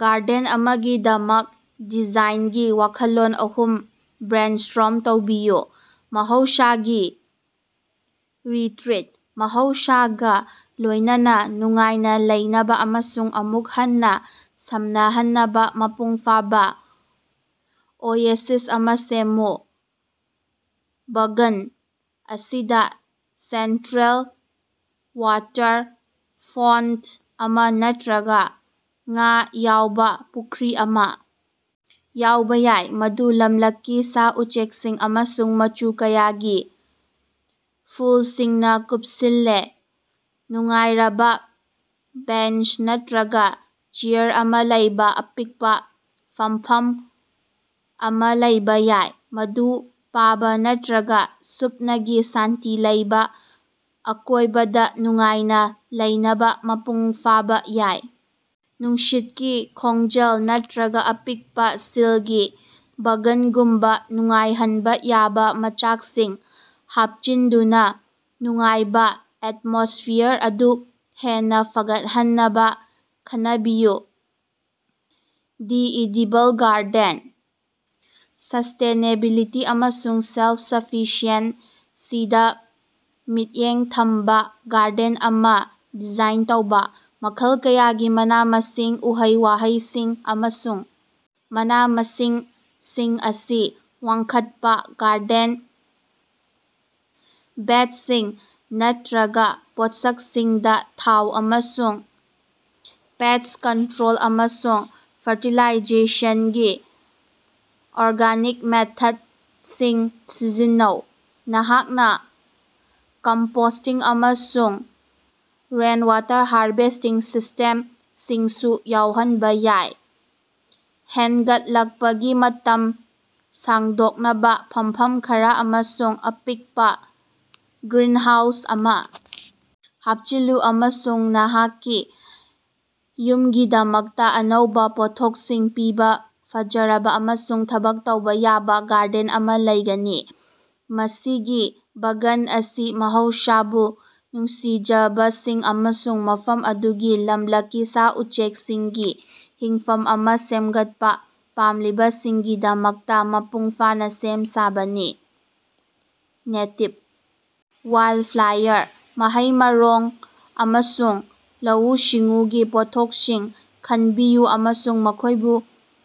Garden ꯑꯃꯒꯤꯗꯃꯛ ꯗꯤꯖꯥꯏꯟꯒꯤ ꯋꯥꯈꯜꯂꯣꯟ ꯑꯍꯨꯝ ꯕ꯭ꯔꯦꯟꯁ꯭ꯇꯣꯔꯝ ꯇꯧꯕꯤꯌꯨ꯫ ꯃꯍꯧꯁꯥꯒꯤ ꯔꯤꯇ꯭ꯔꯤꯠ: ꯃꯍꯧꯁꯥꯒ ꯂꯣꯏꯅꯅ ꯅꯨꯡꯉꯥꯏꯅ ꯂꯩꯅꯕ ꯑꯃꯁꯨꯡ ꯑꯃꯨꯛ ꯍꯟꯅ ꯁꯝꯅꯍꯟꯅꯕ ꯃꯄꯨꯡ ꯐꯥꯕ ꯑꯣꯌꯦꯁꯤꯁ ꯑꯃ ꯁꯦꯝꯃꯨ꯫ ꯕꯥꯒꯥꯟ ꯑꯁꯤꯗ ꯁꯦꯟꯇ꯭ꯔꯦꯜ ꯋꯥꯇꯔ ꯐꯣꯟꯇ ꯑꯃ ꯅꯠꯇ꯭ꯔꯒ ꯉꯥ ꯌꯥꯎꯕ ꯄꯨꯈ꯭ꯔꯤ ꯑꯃꯥ ꯌꯥꯎꯕ ꯌꯥꯏ꯫ ꯃꯗꯨ ꯂꯝꯂꯛꯀꯤ ꯁꯥ-ꯎꯆꯦꯛꯁꯤꯡ ꯑꯃꯁꯨꯡ ꯃꯆꯨ ꯀꯌꯥꯒꯤ ꯐꯨꯜꯁꯤꯡꯅ ꯀꯨꯞꯁꯤꯜꯂꯤ꯫ ꯅꯨꯡꯉꯥꯏꯔꯕ ꯕꯦꯟꯆ ꯅꯠꯇ꯭ꯔꯒ ꯆꯦꯌꯥꯔ ꯑꯃ ꯂꯩꯕ ꯑꯄꯤꯛꯄ ꯐꯝꯐꯝ ꯑꯃ ꯂꯩꯕ ꯌꯥꯏ꯫ ꯃꯗꯨ ꯄꯥꯕ ꯅꯠꯇ꯭ꯔꯒ ꯁꯨꯞꯅꯒꯤ ꯁꯥꯟꯇꯤ ꯂꯩꯕ ꯑꯀꯣꯏꯕꯗ ꯅꯨꯡꯉꯥꯏꯅ ꯂꯩꯅꯕ ꯃꯄꯨꯡ ꯐꯥꯕ ꯌꯥꯏ꯫ ꯅꯨꯡꯁꯤꯠꯀꯤ ꯈꯣꯡꯖꯦꯜ ꯅꯠꯇ꯭ꯔꯒ ꯑꯄꯤꯛꯄ ꯁꯤꯜꯒꯤ ꯕꯥꯒꯥꯟꯒꯨꯝꯕ ꯅꯨꯡꯉꯥꯏꯍꯟꯕ ꯌꯥꯕ ꯃꯆꯥꯛꯁꯤꯡ ꯍꯥꯞꯆꯤꯟꯗꯨꯅ ꯅꯨꯡꯉꯥꯏꯕ ꯑꯦꯇꯃꯣꯁ꯭ꯐꯤꯌꯥꯔ ꯑꯗꯨ ꯍꯦꯟꯅ ꯐꯒꯠꯍꯟꯅꯕ ꯈꯟꯅꯕꯤꯌꯨ꯫ ꯗꯤ ꯏꯗꯤꯕꯜ ꯒꯥꯔꯗꯦꯟ: ꯁꯁ꯭ꯇꯦꯅꯦꯕꯤꯂꯤꯇꯤ ꯑꯃꯁꯨꯡ ꯁꯦꯜꯐ-ꯁꯐꯤꯁꯤꯑꯦꯟꯁꯤꯗ ꯃꯤꯠꯌꯦꯡ ꯊꯝꯕ ꯒꯥꯔꯗꯦꯟ ꯑꯃ ꯗꯤꯖꯥꯏꯟ ꯇꯧꯕ- ꯃꯈꯜ ꯀꯌꯥꯒꯤ ꯃꯅꯥ-ꯃꯁꯤꯡ, ꯎꯍꯩ-ꯋꯥꯍꯩꯁꯤꯡ ꯑꯃꯁꯨꯡ ꯃꯅꯥ-ꯃꯁꯤꯡꯁꯤꯡ ꯑꯁꯤ ꯋꯥꯡꯈꯠꯄ ꯒꯥꯔꯗꯦꯟ ꯕꯦꯗꯁꯤꯡ ꯅꯠꯇ꯭ꯔꯒ ꯄꯣꯠꯁꯛꯁꯤꯡꯗ ꯊꯥꯎ, ꯑꯃꯁꯨꯡ ꯄꯦꯁ꯭ꯠ ꯀꯟꯇ꯭ꯔꯣꯜ ꯑꯃꯁꯨꯡ ꯐꯔꯇꯤꯂꯥꯏꯖꯦꯁꯟꯒꯤ ꯑꯣꯔꯒꯥꯅꯤꯛ ꯃꯦꯊꯗꯁꯤꯡ ꯁꯤꯖꯤꯟꯅꯧ꯫ ꯅꯍꯥꯛꯅ ꯀꯝꯄꯣꯁ꯭ꯇꯤꯡ ꯑꯃꯁꯨꯡ ꯔꯦꯟꯋꯥꯇꯔ ꯍꯥꯔꯚꯦꯁ꯭ꯇꯤꯡ ꯁꯤꯁ꯭ꯇꯦꯃꯁꯤꯡꯁꯨ ꯌꯥꯎꯍꯟꯕ ꯌꯥꯏ꯫ ꯍꯦꯅꯒꯠꯂꯛꯄꯒꯤ ꯃꯇꯝ ꯁꯥꯡꯗꯣꯛꯅꯕ ꯐꯝꯐꯝ ꯈꯔ ꯑꯃꯁꯨꯡ ꯑꯄꯤꯛꯄ ꯒ꯭ꯔꯤꯅꯍꯥꯎꯁ ꯑꯃ ꯍꯥꯞꯆꯤꯜꯂꯨ ꯑꯃꯁꯨꯡ ꯅꯍꯥꯛꯀꯤ ꯌꯨꯝꯒꯤꯗꯃꯛꯇ ꯑꯅꯧꯕ ꯄꯣꯠꯊꯣꯛꯁꯤꯡ ꯄꯤꯕ ꯐꯖꯔꯕ ꯑꯃꯁꯨꯡ ꯊꯕꯛ ꯇꯧꯕ ꯌꯥꯕ ꯒꯥꯔꯗꯦꯟ ꯑꯃ ꯂꯩꯒꯅꯤ꯫ ꯃꯁꯤꯒꯤ ꯕꯥꯒꯥꯟ ꯑꯁꯤ ꯃꯍꯧꯁꯥꯕꯨ ꯅꯨꯡꯁꯤꯖꯕꯁꯤꯡ ꯑꯃꯁꯨꯡ ꯃꯐꯝ ꯑꯗꯨꯒꯤ ꯂꯝꯂꯛꯀꯤ ꯁꯥ-ꯎꯆꯦꯛꯁꯤꯡꯒꯤ ꯍꯤꯡꯐꯝ ꯑꯃ ꯁꯦꯝꯒꯠꯄ ꯄꯥꯝꯂꯤꯕꯁꯤꯡꯒꯤꯗꯃꯛꯇ ꯃꯄꯨꯡ ꯐꯥꯅ ꯁꯦꯝ ꯁꯥꯕꯅꯤ꯫ꯅꯦꯇꯤꯚ ꯋꯥꯏꯜꯗꯐ꯭ꯂꯥꯋꯥꯔ, ꯃꯍꯩ-ꯃꯔꯣꯡ, ꯑꯃꯁꯨꯡ ꯂꯧꯎ-ꯁꯤꯡꯎꯒꯤ ꯄꯣꯠꯊꯣꯛꯁꯤꯡ ꯈꯟꯕꯤꯌꯨ ꯑꯃꯁꯨꯡ ꯃꯈꯣꯏꯕꯨ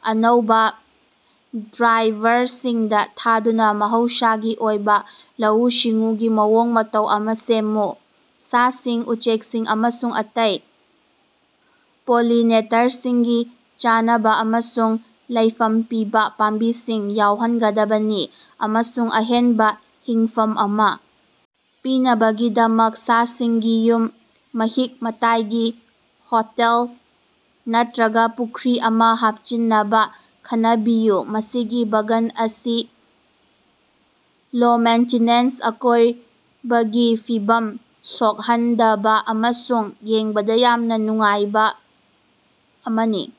ꯑꯆꯧꯕ ꯗ꯭ꯔꯥꯏꯚꯔꯁꯤꯡꯗ ꯊꯥꯗꯨꯅ ꯃꯍꯧꯁꯥꯒꯤ ꯑꯣꯏꯕ ꯂꯧꯎ-ꯁꯤꯡꯎꯒꯤ ꯃꯑꯣꯡ ꯃꯇꯧ ꯑꯃ ꯁꯦꯝꯃꯨ꯫ ꯁꯥꯁꯤꯡ, ꯎꯆꯦꯛꯁꯤꯡ ꯑꯃꯁꯨꯡ ꯑꯇꯩ ꯄꯣꯂꯤꯅꯦꯇꯔꯁꯤꯡꯒꯤ ꯆꯥꯅꯕ ꯑꯃꯁꯨꯡ ꯂꯩꯐꯝ ꯄꯤꯕ ꯄꯥꯝꯕꯤꯁꯤꯡ ꯌꯥꯎꯍꯟꯒꯗꯕꯅꯤ ꯑꯃꯁꯨꯡ ꯑꯍꯦꯟꯕ ꯍꯤꯡꯐꯝ ꯑꯃ ꯄꯤꯅꯕꯒꯤꯗꯃꯛ ꯁꯥꯁꯤꯡꯒꯤ ꯌꯨꯝ, ꯃꯍꯤꯛ-ꯃꯇꯥꯏꯒꯤ ꯍꯣꯇꯦꯜ ꯅꯠꯇꯔꯒ ꯄꯨꯈ꯭ꯔꯤ ꯑꯃ ꯍꯥꯞꯆꯤꯟꯅꯕ ꯈꯟꯅꯕꯤꯌꯨ꯫ ꯃꯁꯤꯒꯤ ꯕꯥꯒꯥꯟ ꯑꯁꯤ ꯂꯣ-ꯃꯦꯟꯇꯦꯅꯦꯟꯁ, ꯑꯀꯣꯏꯕꯒꯤ ꯐꯤꯕꯝ ꯁꯣꯛꯍꯟꯗꯕ ꯑꯃꯁꯨꯡ ꯌꯦꯡꯕꯗ ꯌꯥꯝꯅ ꯅꯨꯡꯉꯥꯏꯕ ꯑꯃꯅꯤ꯫